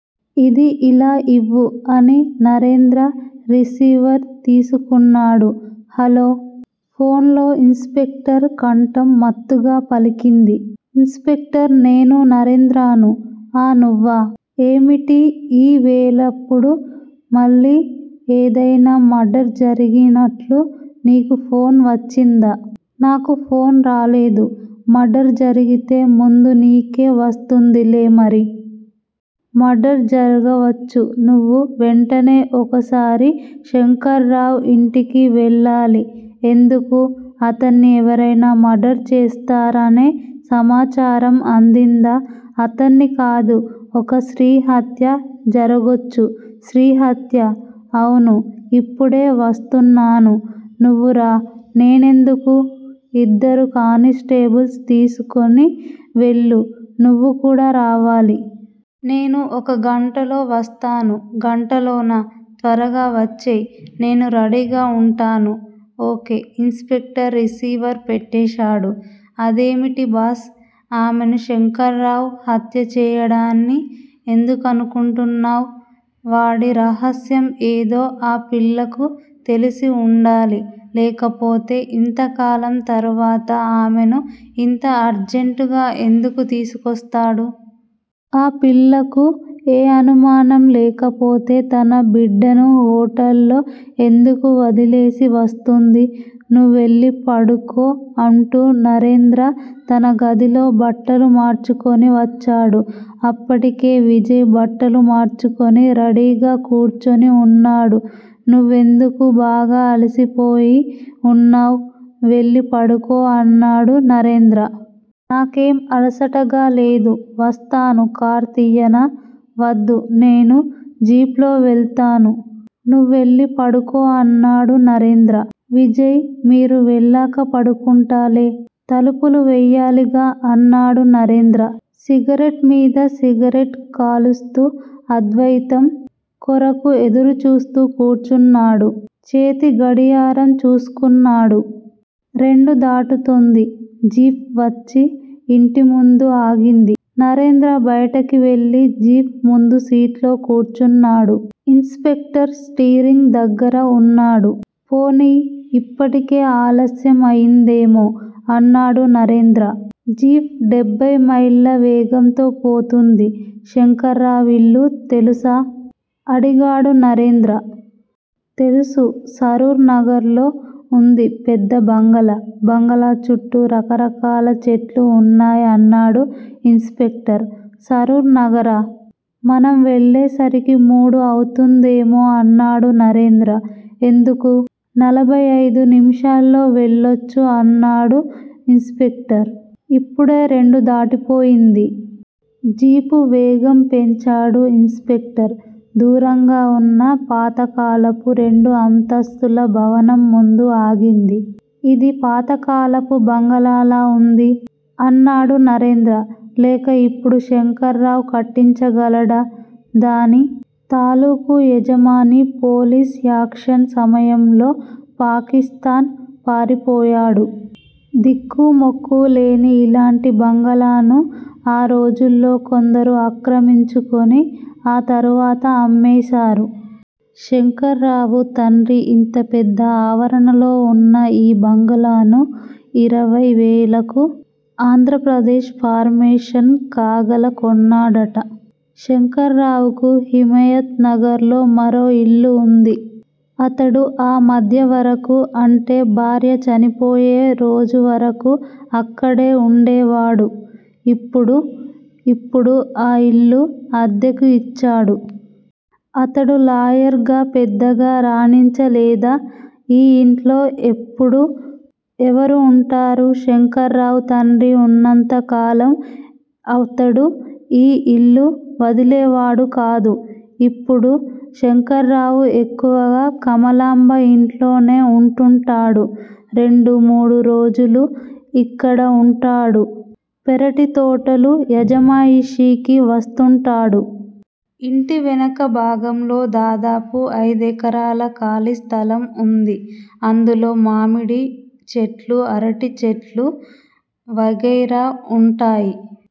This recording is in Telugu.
ఇదీ ఇలా ఇవ్వు అని నరేంద్ర రిసీవర్ తీసుకున్నాడు. హలో! ఫోన్ లో ఇన్స్‌పెక్టర్ కంఠం మత్తుగా పలికింది. ఇన్స్‌పెక్టర్ నేను నరేంద్రను. ఆ! నువ్వా? ఏమిటి ఈ వేళప్పుడు! మళ్ళీ ఏదైనా మర్డర్ జరిగినట్లు నీకు ఫోన్ వచ్చిందా? నాకు ఫోన్ రాలేదు. మర్డర్ జరిగితే ముందు నీకే వస్తుందిలే మరి! మర్డర్ జరగవచ్చు. నువ్వు వెంటనే ఒకసారి శంకర్రావు ఇంటికి వెళ్లాలి. ఎందుకూ? అతన్ని ఎవరైనా మర్డర్ చేస్తారనే సమాచారం అందిందా? అతన్ని కాదు ఒక స్త్రీ హత్య జరగొచ్చు. స్త్రీ హత్యా? అవును. ఇప్పుడే వస్తున్నాను. నువ్వూరా! నేనెందుకూ? ఇద్దరు కానిస్టేబుల్స్ తీసుకొని వెళ్ళు! నువ్వు కూడా రావాలి. నేను ఒక గంటలో వస్తాను. గంటలోనా? త్వరగా వచ్చెయ్. నేను రెడీగా ఉంటాను. ఓకే. ఇన్స్‌పెక్టర్ రిసీవర్ పెట్టేశాడు. అదేమిటి బాస్? ఆమెను శంకర్రావు హత్యచేయ్యాడాని ఎందుకనుకుంటున్నావ్? వాడి రహస్యం ఏదో ఆ పిల్లకు తెలిసి ఉండాలి. లేకపోతే ఇంతకాలం తర్వాత ఆమెను ఇంత అర్జెంటుగా ఎందుకూ తీసుకొస్తాడు? ఆ పిల్లకు ఏ అనుమానం లేకపోతే తన బిడ్డను హోటల్ లో ఎందుకు వదిలేసి వస్తుంది? నువ్వెళ్ళి పడుకో అంటూ నరేంద్ర తనగదిలో బట్టలు మార్చుకొని వచ్చాడు. అప్పటికే విజయ్ బట్టలు మార్చుకొని రెడీగా కూర్చుని ఉన్నాడు. నువ్వెందుకు? బాగా అలిసిపోయి ఉన్నావ్. వెళ్ళి పడుకో అన్నాడు నరేంద్ర. నాకేం అలసటగా లేదు. వస్తాను. కారు తియ్యనా? వద్దు. నేను జీపులో వెళ్తాను. నువ్వెళ్ళి పడుకో అన్నాడు నరేంద్ర. విజయ్ మీరు వెళ్ళాక పడుకుంటాలే. తలుపులు వెయ్యాలిగా అన్నాడు. నరేంద్ర సిగరెట్ మీద సిగరెట్ కాలుస్తూ అద్వయితం కొరకు ఎదురు చూస్తూ కూర్చున్నాడు. చేతి గడియారం చూసుకున్నాడు. రెండు దాటుతోంది. జీప్ వచ్చి ఇంటి ముందు ఆగింది. నరేంద్ర బయటకి వెళ్ళి జీప్ ముందు సీట్లో కూర్చున్నాడు. ఇన్స్‌పెక్టర్ స్టీరింగ్ దగ్గర ఉన్నాడు. పోనియ్! ఇప్పటికే ఆలస్యం అయిందేమో! అన్నాడు నరేంద్ర. జీప్ డెబ్బై మైళ్ళ వేగంతో పోతుంది. శంకర్రావు ఇల్లు తెలుసా? అడిగాడు నరేంద్ర. తెలుసు. సరూర్ నగర్ లో ఉంది. పెద్ద బంగళా. బంగళా చుట్టూ రకరకాల చెట్లు ఉన్నాయ్ అన్నాడు ఇన్స్‌పెక్టర్. సరూర్ నగరా? మనం వెళ్ళే సరికి మూడు అవుతుందేమో? అన్నాడు నరేంద్ర. ఎందుకూ? నలభై ఐదు నిముషాల్లో వెళ్ళొచ్చు అన్నాడు ఇన్స్‌పెక్టర్. ఇప్పుడే రెండు దాటిపోయింది. జీపు వేగం పెంచాడు ఇన్స్‌పెక్టర్. దూరంగా ఉన్న పాతకాలపు రెండు అంతస్తుల భవనం ముందు ఆగింది. ఇది పాతకాలపు బంగళాలా ఉంది? అన్నాడు నరేంద్ర. లేక ఇప్పుడు శంకర్రావు కట్టించగలడా? దాని తాలూకు యజమాని పోలీస్ యాక్షన్ సమయంలో పాకిస్తాన్ పారిపోయాడు. దిక్కు మొక్కూ లేని ఇలాంటి బంగళాను ఆ రోజుల్లో కొందరు ఆక్రమించుకొని ఆ తర్వాత అమ్మేశారు. శంకర్రావు తండ్రి ఇంత పెద్ద ఆవరణలో ఉన్న ఈ బంగళాను ఇరవై వేలకు ఆంధ్రప్రదేశ్ ఫార్మేషన్ కాగాల కొన్నాడట. శంకర్రావుకు హిమాయత్ నగర్ లో మరో ఇల్లు ఉంది. అతడు ఆ మధ్యవరకు అంటే భార్య చనిపోయే రోజువరకు అక్కడే ఉండేవాడు. ఇప్పుడు? ఇప్పుడు ఆ ఇల్లు అద్దెకు ఇచ్చాడు. అతడు లాయర్ గా పెద్దగా రాణించలేదా? ఈ ఇంట్లో ఎప్పుడూ ఎవరూ ఉంటారు. శంకర్రావు తండ్రి ఉన్నంత కాలం అతడు ఈ ఇళ్ళు వదిలేవాడు కాదు. ఇప్పుడు శంకర్రావు ఎక్కువగా కమలాంబ ఇంట్లోనే ఉంటుంటాడు. రెండు మూడు రోజులు ఇక్కడ ఉంటాడు. పెరటి తోటలు యజమాయిషీకి వస్తుంటాడు. ఇంటి వెనక భాగంలో దాదాపు ఐదెకరాల ఖాళీ స్థలం ఉంది. అందులో మామిడి చెట్లూ అరటి చెట్లూ వగైరా ఉంటాయి.